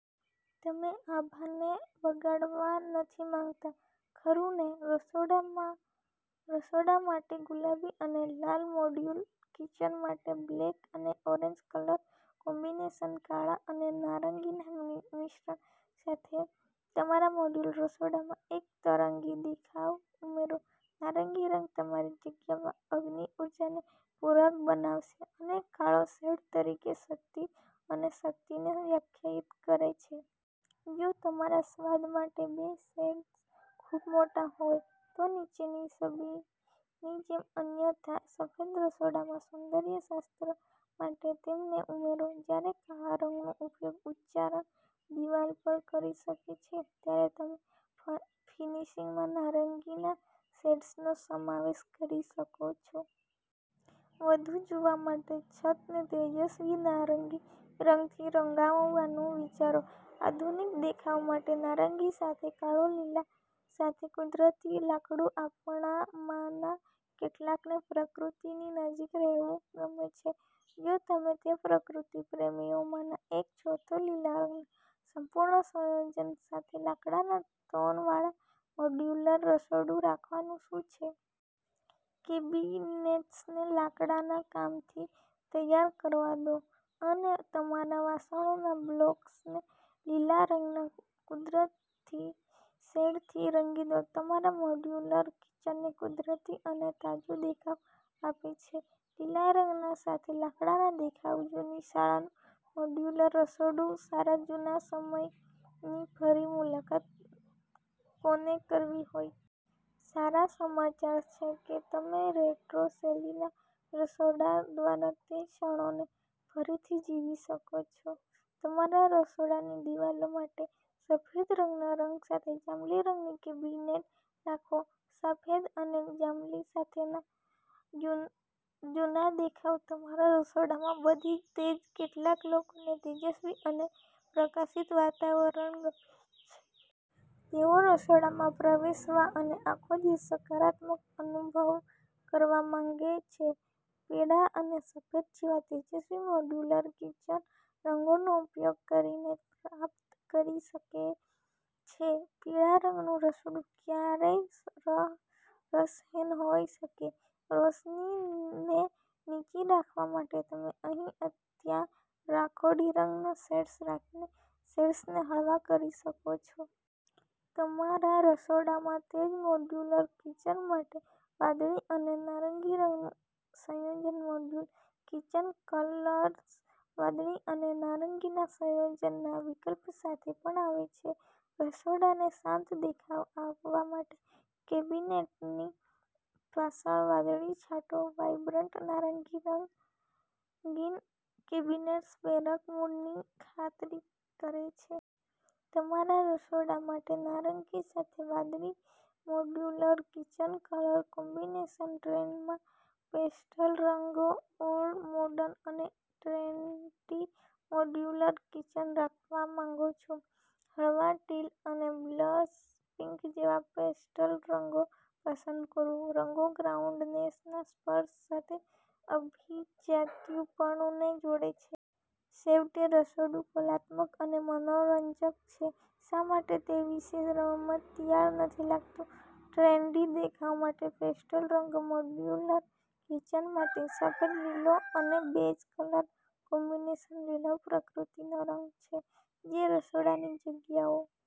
તમે આભાને બગાડવા નથી માંગતા, ખરું ને? રસોડા માટે ગુલાબી અને લાલ મોડ્યુલર કિચન માટે બ્લેક અને ઓરેન્જ કલર કોમ્બિનેશન કાળા અને નારંગીના મિશ્રણ સાથે તમારા મોડ્યુલર રસોડામાં એક તરંગી દેખાવ ઉમેરો. નારંગી રંગ તમારી જગ્યામાં અગ્નિ ઊર્જાને પૂરક બનાવશે, અને કાળો શેડ તરીકે શક્તિ અને શક્તિને વ્યાખ્યાયિત કરે છે. જો તમારા સ્વાદ માટે બે શેડ્સ ખૂબ મોટા હોય, તો નીચેની છબીની જેમ અન્યથા સફેદ રસોડામાં સૌંદર્ય શાસ્ત્ર માટે તેમને ઉમેરો. જ્યારે કાળા રંગનો ઉપયોગ ઉચ્ચારણ દિવાલ પર કરી શકાય છે, ત્યારે તમે ફર્નિશિંગમાં નારંગીના શેડ્સનો સમાવેશ કરી શકો છો. વધુ જોવા માટે, છતને તેજસ્વી નારંગી રંગથી રંગવાનું વિચારો. આધુનિક દેખાવ માટે નારંગી સાથે કાળો લીલા સાથે કુદરતી લાકડું આપણામાંના કેટલાકને પ્રકૃતિની નજીક રહેવું ગમે છે. જો તમે તે પ્રકૃતિ પ્રેમીઓમાંના એક છો, તો લીલા રંગના સંપૂર્ણ સંયોજન સાથે લાકડાના ટોનવાળા મોડ્યુલર રસોડું રાખવાનું શું છે? કેબિનેટ્સને લાકડાના કામથી તૈયાર કરવા દો, અને તમારા વાસણોના બ્લોક્સને લીલા રંગના કુદરતી શેડથી રંગી દો. તમારા મોડ્યુલર કિચનને કુદરતી અને તાજું દેખાવ આપે છે. લીલા રંગ સાથે લાકડાના દેખાવ જૂની શાળાનું મોડ્યુલર રસોડું સારા જૂના સમયની ફરી મુલાકાત કોનેકરવી હોય? સારા સમાચારછે કે તમે રેટ્રો-શૈલીના રસોડા દ્વારા તે ક્ષણોને ફરીથી જીવી શકો છો. તમારા રસોડાની દિવાલો માટે સફેદ રંગના રંગ સાથે જાંબલી રંગની કેબિનેટ રાખો. સફેદ અને જાંબલી સાથે જૂના દેખાવ તમારા રસોડામાં બધી તેજ કેટલાક લોકોને તેજસ્વી અને પ્રકાશિત વાતાવરણ ગમે છે. તેઓ રસોડામાં પ્રવેશવા અને આખો દિવસ સકારાત્મક અનુભવ કરવા માંગે છે. પીળા અને સફેદ જેવા તેજસ્વી મોડ્યુલર કિચન રંગોનો ઉપયોગ કરીને પ્રાપ્ત કરી શકાય છે. પીળા રંગનું રસોડું ક્યારેય રસહીન હોઈ શકે? રોશનીને નીચી રાખવા માટે તમે અહીં-ત્યાં રાખોડી રંગના શેડ્સ રાખીને શેડ્સને હળવા કરી શકો છો. તમારા રસોડામાં તેજ મોડ્યુલર કિચન માટે વાદળી અને નારંગી રંગનું સંયોજન મોડ્યુલર કિચન કલર્સ વાદળી અને નારંગીના સંયોજનના વિકલ્પ સાથે પણ આવે છે. રસોડાને શાંત દેખાવ આપવા માટે કેબિનેટની પાછળ વાદળી છાંટો. વાઇબ્રન્ટ નારંગી-રંગીન કેબિનેટ્સ પ્રેરક મૂડની ખાતરી કરે છે. તમારા રસોડા માટે નારંગી સાથે વાદળી મોડ્યુલર કિચન કલર કોમ્બિનેશનટ્રેન્ડમાં પેસ્ટલ રંગો ઓલ-મોર્ડન અને ટ્રેન્ડી મોડ્યુલર કિચન રાખવા માંગો છો? હળવા ટીલ અને બ્લશ પિંક જેવા પેસ્ટલ રંગો પસંદ કરો. રંગો ગ્રાઉન્ડનેસના સ્પર્શ સાથે અભિજાત્યપણુને જોડે છે. છેવટે, રસોડું કલાત્મક અને મનોરંજક છે. શા માટે તે વિશે રમતિયાળ નથી લાગતું? ટ્રેન્ડી દેખાવ માટે પેસ્ટલ રંગો મોડ્યુલર કિચન માટે સફેદ, લીલો અને બેજ કલર કોમ્બિનેશન લીલોપ્રકૃતિનો રંગ છે જે રસોડાની જગ્યાઓ